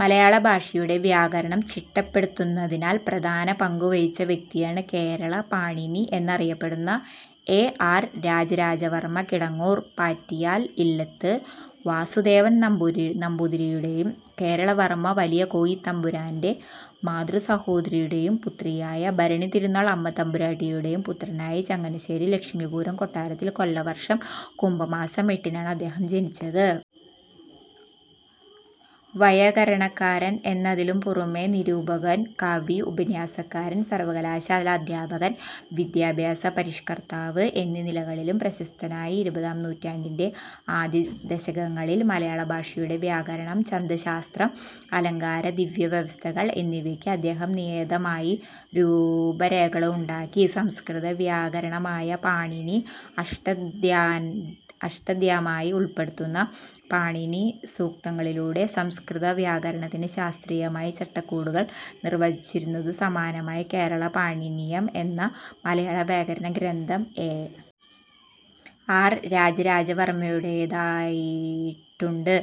മലയാള ഭാഷയുടെ വ്യാകരണം ചിട്ടപ്പെടുത്തുന്നതിനാൽ പ്രധാന പങ്കുവഹിച്ച വ്യക്തിയാണ് കേരള പാണിനി എന്ന് അറിയപ്പെടുന്ന എ. ആർ. രാജരാജവർമ്മ കിടങ്ങൂർ പാറ്റിയാൽ ഇല്ലത്ത് വാസുദേവൻ നമ്പൂരി നമ്പൂതിരിയുടേയും കേരളവർമ്മ വലിയ കോയിത്തമ്പുരാൻ്റെ മാതൃസഹോദരിയുടെയും പുത്രിയായ ഭരണിതിരുനാൾ അമ്മത്തമ്പുരാട്ടിയുടേയും പുത്രനായി ചങ്ങനാശ്ശേരി ലക്ഷ്മീപുരം കൊട്ടാരത്തിൽ കൊല്ലവർഷം കുംഭമാസം എട്ടിനാണ് അദ്ദേഹം ജനിച്ചത്. വൈയാകരണകാരൻ എന്നതിലുപുറമേ, നിരൂപകൻ, കവി, ഉപന്യാസകാരൻ, സർവകലാശാലാ അധ്യാപകൻ, വിദ്യാഭ്യാസ പരിഷ്കർത്താവ് എന്നീ നിലകളിലും പ്രശസ്തനായി. ഇരുപതാം നൂറ്റാണ്ടിൻ്റെ ആദ്യദശകങ്ങളിൽ മലയാളഭാഷയുടെ വ്യാകരണം, ഛന്ദശാസ്ത്രം, അലങ്കാരാദിവ്യവസ്ഥകൾ എന്നിവയ്ക്ക് അദ്ദേഹം നിയതമായ രൂപരേഖകളുണ്ടാക്കി. സംസ്കൃത വ്യകരണമായ പാണിനി അഷ്ടാദ്യം അഷ്ടാധ്യായി ഉൾപ്പെടുന്ന പാണിനീസൂക്തങ്ങളിലൂടെ സംസ്കൃതവ്യാകരണത്തിന് ശാസ്ത്രീയമായി ചട്ടക്കൂടുകൾ നിർവചിച്ചിരുന്നത് സമാനമായി കേരളപാണിനീയം എന്ന മലയാളവ്യാകരണ ഗ്രന്ഥം എ. ആർ. രാജരാജവർമ്മയുടേതായീട്ടുണ്ട്.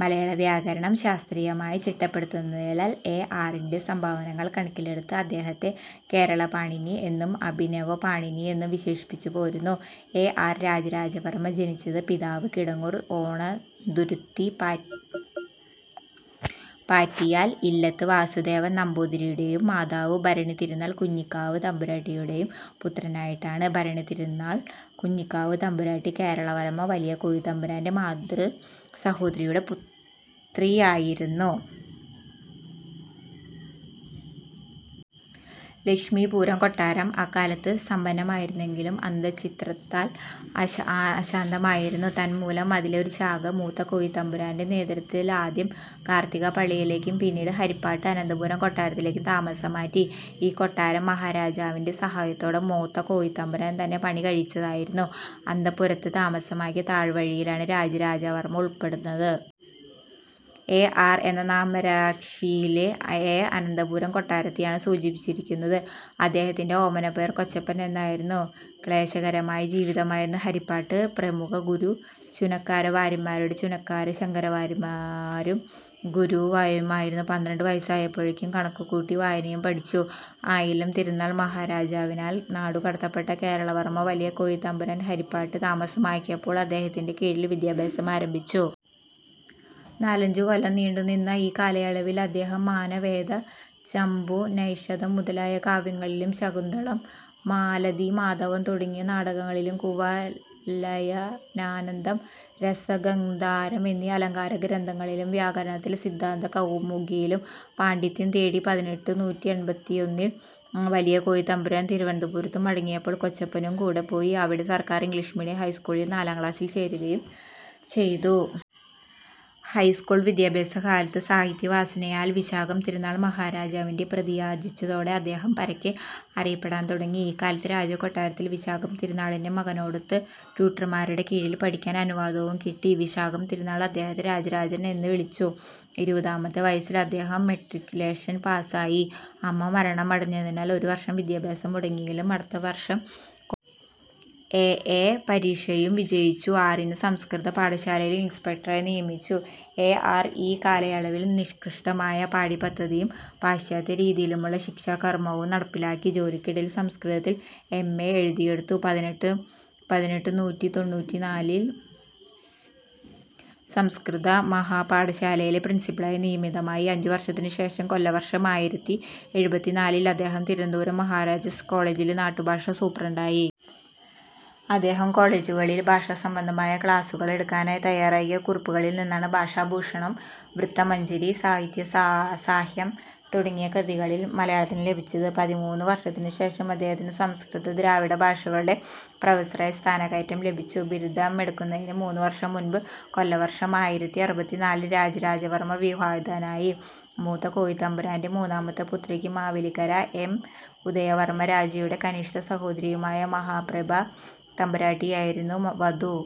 മലയാളവ്യാകരണം ശാസ്ത്രീയമായി ചിട്ടപ്പെടുത്തുന്നതിൽ എ. ആറിൻ്റെ സംഭാവനങ്ങൾ കണക്കിലെടുത്ത് അദ്ദേഹത്തെ കേരളപാണിനി എന്നും അഭിനവപാണിനി എന്നും വിശേഷിപ്പിച്ചുപോരുന്നു.എ. ആർ. രാജരാജവർമ്മ ജനിച്ചത് പിതാവ് കിടങ്ങൂർ ഓണന്തുരുത്തി പാ പാറ്റിയാൽ ഇല്ലത്ത് വാസുദേവൻ നമ്പൂതിരിയുടെയും മാതാവ് ഭരണിതിരുനാൾ കുഞ്ഞിക്കാവ് തമ്പുരാട്ടിയുടെയും പുത്രനായിട്ടാണ്. ഭരണിതിരുനാൾ കുഞ്ഞിക്കാവ് തമ്പുരാട്ടി കേരളവർമ്മ വലിയ കോയിത്തമ്പുരാൻ്റെ മാതൃസഹോദരിയുടെ പുത്രിയായിരുന്നു. ലക്ഷ്മീപുരം കൊട്ടാരം അക്കാലത്ത് സമ്പന്നമായിരുന്നെങ്കിലും അന്തഃചിത്രത്താൽ അശ് അശാന്തമായിരുന്നു. തന്മൂലം അതിലെ ഒരു ശാഖ മൂത്ത കോയിത്തമ്പുരാൻ്റെ നേതൃത്വത്തിൽ ആദ്യം കാർത്തികപ്പള്ളിയിലേക്കും പിന്നീട് ഹരിപ്പാട്ട് അനന്തപുരം കൊട്ടാരത്തിലേക്കും താമസം മാറ്റി. ഈ കൊട്ടാരം മഹാരാജാവിൻ്റെ സഹായത്തോടെ മൂത്ത കോയിത്തമ്പുരാൻ തന്നെ പണി കഴിപ്പിച്ചതായിരുന്നു. അന്തപുരത്ത് താമസമാക്കിയ താവഴിയിലാണ് രാജരാജവർമ്മ ഉൾപ്പെടുന്നത്. എ. ആർ. എന്ന നാമാരാക്ഷിയിലെ എ അനന്തപുരം കൊട്ടാരത്തെയാണ് സൂചിപ്പിക്കുന്നത്. അദ്ദേഹത്തിൻ്റെ ഓമനപ്പേർ കൊച്ചപ്പൻ എന്നായിരുന്നു. ക്ലേശകരമായ ജീവിതമായിരുന്ന ഹരിപ്പാട്ട്. പ്രഥമഗുരു ചുനക്കാര വാര്യരുടെ. ചുനക്കാര ശങ്കരവാര്യമാരും ഗുരുവായിരുന്നു. പന്ത്രണ്ട് വയസ്സായപ്പോഴേക്കും കണക്കും കൂട്ടിവായനയും പഠിച്ചു. ആയില്യം തിരുനാൾ മഹാരാജാവിനാൽ നാടുകടത്തപ്പെട്ട കേരളവർമ്മ വലിയ കോയിത്തമ്പുരാൻ ഹരിപ്പാട്ട് താമസമാക്കിയപ്പോൾ അദ്ദേഹത്തിൻ്റെ കീഴിൽ വിദ്യാഭ്യാസം ആരംഭിച്ചു. നാലഞ്ചുകൊല്ലം നീണ്ടുനിന്ന ഈ കാലയളവിൽ അദ്ദേഹം മാനവേദചമ്പു, നൈഷധം മുതലായ കാവ്യങ്ങളിലും ശാകുന്തളം, മാലതീമാധവം തുടങ്ങിയ നാടകങ്ങളിലും കുവാലയനാനന്ദം, രസഗന്താരം എന്നീ അലങ്കാരഗ്രന്ഥങ്ങളിലും വ്യാകരണത്തിൽ സിദ്ധാന്തകൗമുഖിയിലും പാണ്ഡിത്യം നേടി. പതിനെട്ടുനൂറ്റി എൺപത്തിയൊന്നിൽ വലിയ കോയിത്തമ്പുരാൻ തിരുവനന്തപുരത്ത് മടങ്ങിയപ്പോൾ കൊച്ചപ്പനും കൂടെ പോയി. അവിടെ സർക്കാർ ഇംഗ്ലീഷ് മീഡിയം ഹൈസ്കൂളിൽ നാലാം ക്ലാസിൽ ചേരുകയും ചെയ്തു. ഹൈസ്കൂൾ വിദ്യാഭ്യാസകാലത്ത് സാഹിത്യവാസനയാൽ വിശാഖം തിരുനാൾ മഹാരാജാവിൻ്റെ പ്രീതിയാർജിച്ചതോടെ അദ്ദേഹം പരക്കെ അറിയപ്പെടാൻ തുടങ്ങി. ഇക്കാലത്ത് രാജകൊട്ടാരത്തിൽ വിശാഖം തിരുനാളിൻ്റെ മകനോടൊത്ത് ട്യൂട്ടർമാരുടെ കീഴിൽ പഠിക്കാൻ അനുവാദവും കിട്ടി. വിശാഖം തിരുനാൾ അദ്ദേഹത്തെ രാജരാജൻ എന്ന് വിളിച്ചു. ഇരുപതാമത്തെ വയസ്സിൽ അദ്ദേഹം മെട്രിക്കുലേഷൻ പാസായി. അമ്മ മരണമടഞ്ഞതിനാൽ ഒരുവർഷം വിദ്യാഭ്യാസം മുടങ്ങിയെങ്കിലും അടുത്തവർഷം എ. എ. പരീക്ഷയും വിജയിച്ചു. ആറിനെ സംസ്കൃത പാഠശാലയിൽ ഇൻസ്പെക്ടറായി നിയമിച്ചു. എ. ആർ. ഈ കാലയളവിൽ നിഷ്കൃഷ്ടമായ പാഠ്യപദ്ധതിയും പാശ്ചാത്യരീതിയിലുമുള്ള ശിക്ഷാകർമവും നടപ്പാക്കി. ജോലിക്കിടയിൽ സംസ്കൃതത്തിൽ എം. എ. എഴുതിയെടുത്തു. പതിനെട്ടു പതിനെട്ടുനൂറ്റി തൊണ്ണൂറ്റിനാലിൽ സംസ്കൃത മഹാപാഠശാലയിലെ പ്രിൻസിപ്പളായി നിയമിതനായി. അഞ്ചുവർഷത്തിനുശേഷം, കൊല്ലവർഷം ആയിരത്തി എഴുപത്തിനാലിൽ അദ്ദേഹം തിരുവനന്തപുരം മഹാരാജാസ് കോളേജിലെ നാട്ടുഭാഷാ സൂപ്രണ്ടായി. അദ്ദേഹം കോളേജുകളിൽ ഭാഷാസംബന്ധമായ ക്ലാസുകൾ എടുക്കാനായി തയ്യാറാക്കിയ കുറിപ്പുകളിൽ നിന്നാണ് ഭാഷാഭൂഷണം, വൃത്തമഞ്ജരി, സാഹിത്യസാസാഹ്യം തുടങ്ങിയ കൃതികളിൽ മലയാളത്തിന് ലഭിച്ചത്. പതിമൂന്ന് വർഷത്തിനുശേഷം അദ്ദേഹത്തിന് സംസ്കൃത ദ്രാവിഡ ഭാഷകളുടെ പ്രൊഫസറായി സ്ഥാനക്കയറ്റം ലഭിച്ചു. ബിരുദമെടുക്കുന്നതിന് മൂന്നുമാസം മുമ്പ് കൊല്ലവർഷം ആയിരത്തി അറുപത്തിനാലിൽ രാജരാജവർമ്മ വിവാഹിതനായി. മൂത്ത കോയിത്തമ്പുരാൻ്റെ മൂന്നാമത്തെ പുത്രിക്കും മാവേലിക്കര എം. ഉദയവർമ്മരാജായുടെ കനിഷ്ഠസഹോദരിയുമായ മഹാപ്രഭ തമ്പുരാട്ടിയായിരുന്നു വധു.